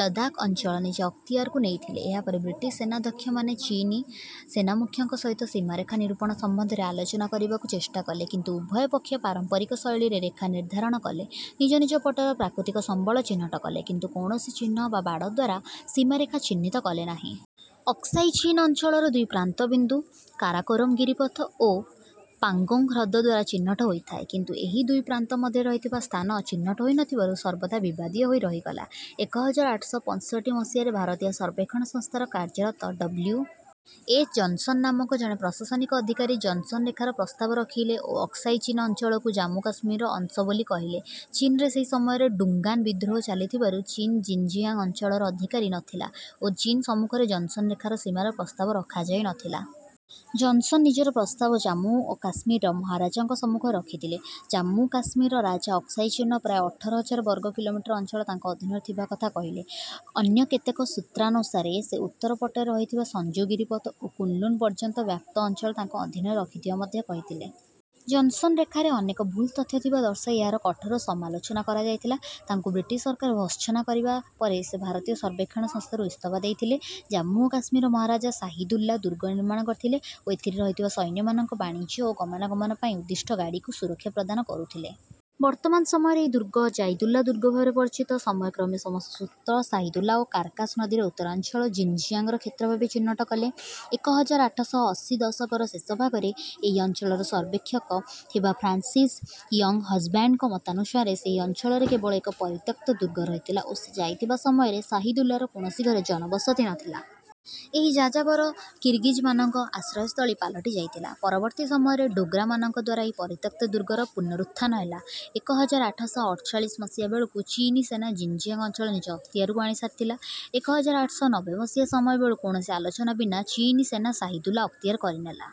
ଲଦାଖ୍ ଅଞ୍ଚଳ ନିଜ ଅକ୍ତିଆରକୁ ନେଇଥିଲେ। ଏହାପରେ ବ୍ରିଟିଶ୍ ସେନାଧ୍ୟକ୍ଷମାନେ ଚୀନୀ ସେନାମୁଖ୍ୟଙ୍କ ସହିତ ସୀମାରେଖା ନିରୂପଣ ସମ୍ବନ୍ଧରେ ଆଲୋଚନା କରିବାକୁ ଚେଷ୍ଟା କଲେ। କିନ୍ତୁ ଉଭୟ ପକ୍ଷ ପାରମ୍ପରିକ ଶୈଳୀରେ ରେଖା ନିର୍ଦ୍ଧାରଣ କଲେ, ନିଜ ନିଜ ପଟର ପ୍ରାକୃତିକ ସମ୍ବଳ ଚିହ୍ନଟ କଲେ, କିନ୍ତୁ କୌଣସି ଚିହ୍ନ ବା ବାଡ଼ ଦ୍ୱାରା ସୀମାରେଖା ଚିହ୍ନିତ କଲେ ନାହିଁ। ଅକ୍ସାଇ ଚୀନ୍ ଅଞ୍ଚଳର ଦୁଇ ପ୍ରାନ୍ତବିନ୍ଦୁ କାରାକୋରମ୍ ଗିରିପଥ ଓ ପାଙ୍ଗୋଙ୍ଗ୍ ହ୍ରଦ ଦ୍ୱାରା ଚିହ୍ନଟ ହୋଇଥାଏ। କିନ୍ତୁ ଏହି ଦୁଇ ପ୍ରାନ୍ତ ମଧ୍ୟରେ ରହିଥିବା ସ୍ଥାନ ଚିହ୍ନଟ ହୋଇ ନ ଥିବାରୁ ସର୍ବଦା ବିବାଦୀୟ ହୋଇ ରହିଗଲା। ଏକ ହଜାର ଆଠ ଶ ପଞ୍ଚଷଠି ମସିହାରେ ଭାରତୀୟ ସର୍ବେକ୍ଷଣ ସଂସ୍ଥାରେ କାର୍ଯ୍ୟରତ ଡବ୍ଲୁ. ଏଚ୍. ଜନ୍‌ସନ୍ ନାମକ ଜଣେ ପ୍ରଶାସନିକ ଅଧିକାରୀ “ଜନ୍‌ସନ୍ ରେଖା”ର ପ୍ରସ୍ତାବ ରଖିଲେ ଓ ଅକ୍ସାଇ ଚୀନ୍ ଅଞ୍ଚଳକୁ ଜାମ୍ମୁ ଓ କାଶ୍ମୀରର ଅଂଶ ବୋଲି କହିଲେ। ଚୀନରେ ସେହି ସମୟରେ ଡୁଙ୍ଗାନ୍ ବିଦ୍ରୋହ ଚାଲିଥିବାରୁ ଚୀନ୍ ଜିନ୍-ଜିଆଙ୍ଗ୍ ଅଞ୍ଚଳର ଅଧିକାରୀ ନ ଥିଲା ଓ ଚୀନ୍ ସମ୍ମୁଖରେ ଜନ୍‌ସନ୍ ରେଖାର ସୀମାର ପ୍ରସ୍ତାବ ରଖାଯାଇ ନ ଥିଲା। ଜନ୍‌ସନ୍ ନିଜର ପ୍ରସ୍ତାବ ଜାମ୍ମୁ ଓ କାଶ୍ମୀରର ମହାରାଜାଙ୍କ ସମ୍ମୁଖରେ ରଖିଥିଲେ। ଜାମ୍ମୁ କାଶ୍ମୀରର ରାଜା ଅକ୍ସାଇ ଚୀନ୍‌ର ପ୍ରାୟ ଅଠର ହଜାର ବର୍ଗ କିଲୋମିଟର ଅଞ୍ଚଳ ତାଙ୍କର ଅଧୀନରେ ଥିବା କଥା କହିଲେ ଓ ଅନ୍ୟ କେତେକ ସୂତ୍ରାନୁସାରେ ସେ ଉତ୍ତର ପଟରେ ରହିଥିବା ସଂଜୁ ଗିରିପଥ ଓ କୁନ୍ ଲୁନ୍ ପର୍ଯ୍ୟନ୍ତ ବ୍ୟାପ୍ତ ଅଞ୍ଚଳ ତାଙ୍କ ଅଧୀନରେ ରଖିଥିବା ମଧ୍ୟ କହିଥିଲେ। ଜନ୍‌ସନ୍ ରେଖାରେ ଅନେକ ଭୁଲ ତଥ୍ୟ ଥିବା ଦର୍ଶାଇ ଏହାର କଠୋର ସମାଲୋଚନା କରାଯାଇଥିଲା। ତାଙ୍କୁ ବ୍ରିଟିଶ୍ ସରକାର ଭର୍ତ୍ସନା କରିବା ପରେ ସେ ଭାରତୀୟ ସର୍ବେକ୍ଷଣ ସଂସ୍ଥାରୁ ଇସ୍ତଫା ଦେଇଥିଲେ। ଜାମ୍ମୁ ଓ କାଶ୍ମୀରର ମହାରାଜା ଶାହିଦୁଲ୍ଲା ଦୁର୍ଗ ନିର୍ମାଣ କରିଥିଲେ ଓ ଏଥିରେ ରହିଥିବା ସୈନ୍ୟମାନେ ବାଣିଜ୍ୟ ଓ ଗମନାଗମନ ପାଇଁ ଉଦ୍ଦିଷ୍ଟ ଗାଡ଼ିକୁ ସୁରକ୍ଷା ପ୍ରଦାନ କରୁଥିଲେ। ବର୍ତ୍ତମାନ ସମୟରେ ଏହି ଦୁର୍ଗ ଜାଇଦୁଲ୍ଲା ଦୁର୍ଗ ଭାବରେ ପରିଚିତ। ସମୟକ୍ରମେ ସମସ୍ତ ସୂତ୍ର ଶାହିଦୁଲ୍ଲା ଓ କାରାକାଶ୍ ନଦୀର ଉତ୍ତରାଞ୍ଚଳ ଜିନ୍‌ଜିଆଙ୍ଗ୍‌ର କ୍ଷେତ୍ର ଭାବେ ଚିହ୍ନଟ କଲେ। ଏକ ହଜାର ଆଠ ଶହ ଅଶୀ ଦଶକର ଶେଷ ଭାଗରେ ଏହି ଅଞ୍ଚଳର ସର୍ବେକ୍ଷକ ଥିବା ଫ୍ରାନ୍ସିସ୍ ୟଙ୍ଗ୍‌ହଜ୍‌ବ୍ୟାଣ୍ଡଙ୍କ ମତାନୁସାରେ ସେହି ଅଞ୍ଚଳରେ କେବଳ ଏକ ପରିତ୍ୟକ୍ତ ଦୁର୍ଗ ରହିଥିଲା ଓ ସେ ଯାଇଥିବା ସମୟରେ ଶାହିଦୁଲ୍ଲାର କୌଣସି ଘରେ ଜନବସତି ନ ଥିଲା। ଏହା ଯାଯାବର କିର୍‌ଗିଜ୍‌ମାନଙ୍କ ଆଶ୍ରୟସ୍ଥଳୀ ପାଲଟି ଯାଇଥିଲା। ପରବର୍ତ୍ତୀ ସମୟରେ ଡୋଗ୍ରାମାନଙ୍କ ଦ୍ୱାରା ଏହି ପରିତ୍ୟକ୍ତ ଦୁର୍ଗର ପୁନରୁତ୍ଥାନ ହେଲା। ଏକ ହଜାର ଆଠ ଶହ ଅଠଚାଳିଶ ମସିହା ବେଳକୁ ଚୀନୀ ସେନା ଜିନ୍‌ଜିଆଙ୍ଗ୍ ଅଞ୍ଚଳ ନିଜ ଅକ୍ତିଆରକୁ ଆଣିସାରିଥିଲା। ଏକ ହଜାର ଆଠ ଶହ ନବେ ମସିହା ସମୟ ବେଳକୁ କୌଣସି ଆଲୋଚନା ବିନା ଚୀନୀ ସେନା ଶାହିଦୁଲ୍ଲା ଅକ୍ତିଆର କରିନେଲା।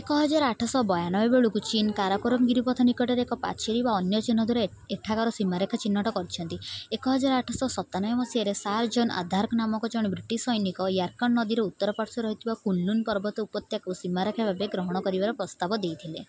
ଏକ ହଜାର ଆଠ ଶହ ବୟାନବେ ବେଳକୁ ଚୀନ୍ କାରାକୋରମ୍ ଗିରିପଥ ନିକଟରେ ଏକ ପାଚେରୀ ବା ଅନ୍ୟ ଚିହ୍ନ ଦ୍ୱାରା ଏଠାକାର ସୀମାରେଖା ଚିହ୍ନଟ କରିଛନ୍ତି। ଏକ ହଜାର ଆଠ ଶହ ସତାନବେ ମସିହାରେ ସାର୍ ଜନ୍ ଆର୍ଦାଘ୍ ନାମକ ଜଣେ ବ୍ରିଟିଶ୍ ସୈନିକ ୟାର୍କଣ୍ଡ୍ ନଦୀର ଉତ୍ତର ପାର୍ଶ୍ୱରେ ରହିଥିବା କୁନ୍‌ଲୁନ୍ ପର୍ବତର ଉପତ୍ୟକାକୁ ସୀମାରେଖା ଭାବେ ଗ୍ରହଣ କରିବାର ପ୍ରସ୍ତାବ ଦେଇଥିଲେ।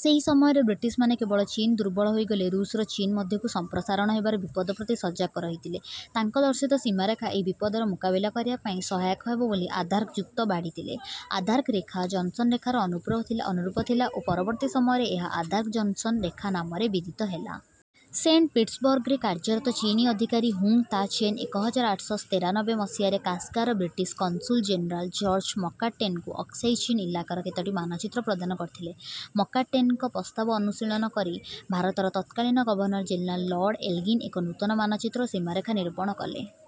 ସେହି ସମୟରେ ବ୍ରିଟିଶ୍‌ମାନେ କେବଳ ଚୀନ୍ ଦୁର୍ବଳ ହୋଇଗଲେ ଋଷ୍‌ର ଚୀନ୍ ମଧ୍ୟକୁ ସଂପ୍ରସାରଣ ହେବାର ବିପଦ ପ୍ରତି ସଜାଗ ରହିଥିଲେ। ତାଙ୍କ ଦର୍ଶିତ ସୀମାରେଖା ଏହି ବିପଦର ମୁକାବିଲା କରିବା ପାଇଁ ସହାୟକ ହେବ ବୋଲି ଆର୍ଦାଘ୍ ଯୁକ୍ତି ବାଢ଼ିଥିଲେ। ଆର୍ଦାଘ୍ ରେଖା ଜନ୍‌ସନ୍ ରେଖାର ଅନୁରୂପ ଥିଲା ଓ ପରବର୍ତ୍ତୀ ସମୟରେ ଏହା “ଆର୍ଦାଘ୍-ଜନ୍‌ସନ୍ ରେଖା” ନାମରେ ବିଦିତ ହେଲା। ସେଣ୍ଟ୍ ପିଟର୍ସବର୍ଗ୍‌ରେ କାର୍ଯ୍ୟରତ ଚୀନୀ ଅଧିକାରୀ ହୁଙ୍ଗ୍ ତା-ଚେନ୍ ଏକ ହଜାର ଆଠ ଶହ ତେରାନବେ ମସିହାରେ କାଶ୍‌ଗାର୍‌ର ବ୍ରିଟିଶ୍ କନ୍‌ସୁଲ୍ ଜେନେରାଲ୍ ଜର୍ଜ୍ ମକାର୍ଟ୍‌ନେଙ୍କୁ ଅକ୍ସାଇ ଚୀନ୍ ଇଲାକାର କେତୋଟି ମାନଚିତ୍ର ପ୍ରଦାନ କରିଥିଲେ। ମକାର୍ଟ୍‌ନେଙ୍କ ପ୍ରସ୍ତାବର ଅନୁଶୀଳନ କରି ଭାରତର ତତ୍କାଳୀନ ଗଭର୍ଣ୍ଣର୍ ଜେନେରାଲ୍ ଲର୍ଡ୍ ଏଲ୍‌ଗିନ୍ ଏକ ନୂତନ ମାନଚିତ୍ର ଓ ସୀମାରେଖା ନିରୂପଣ କଲେ।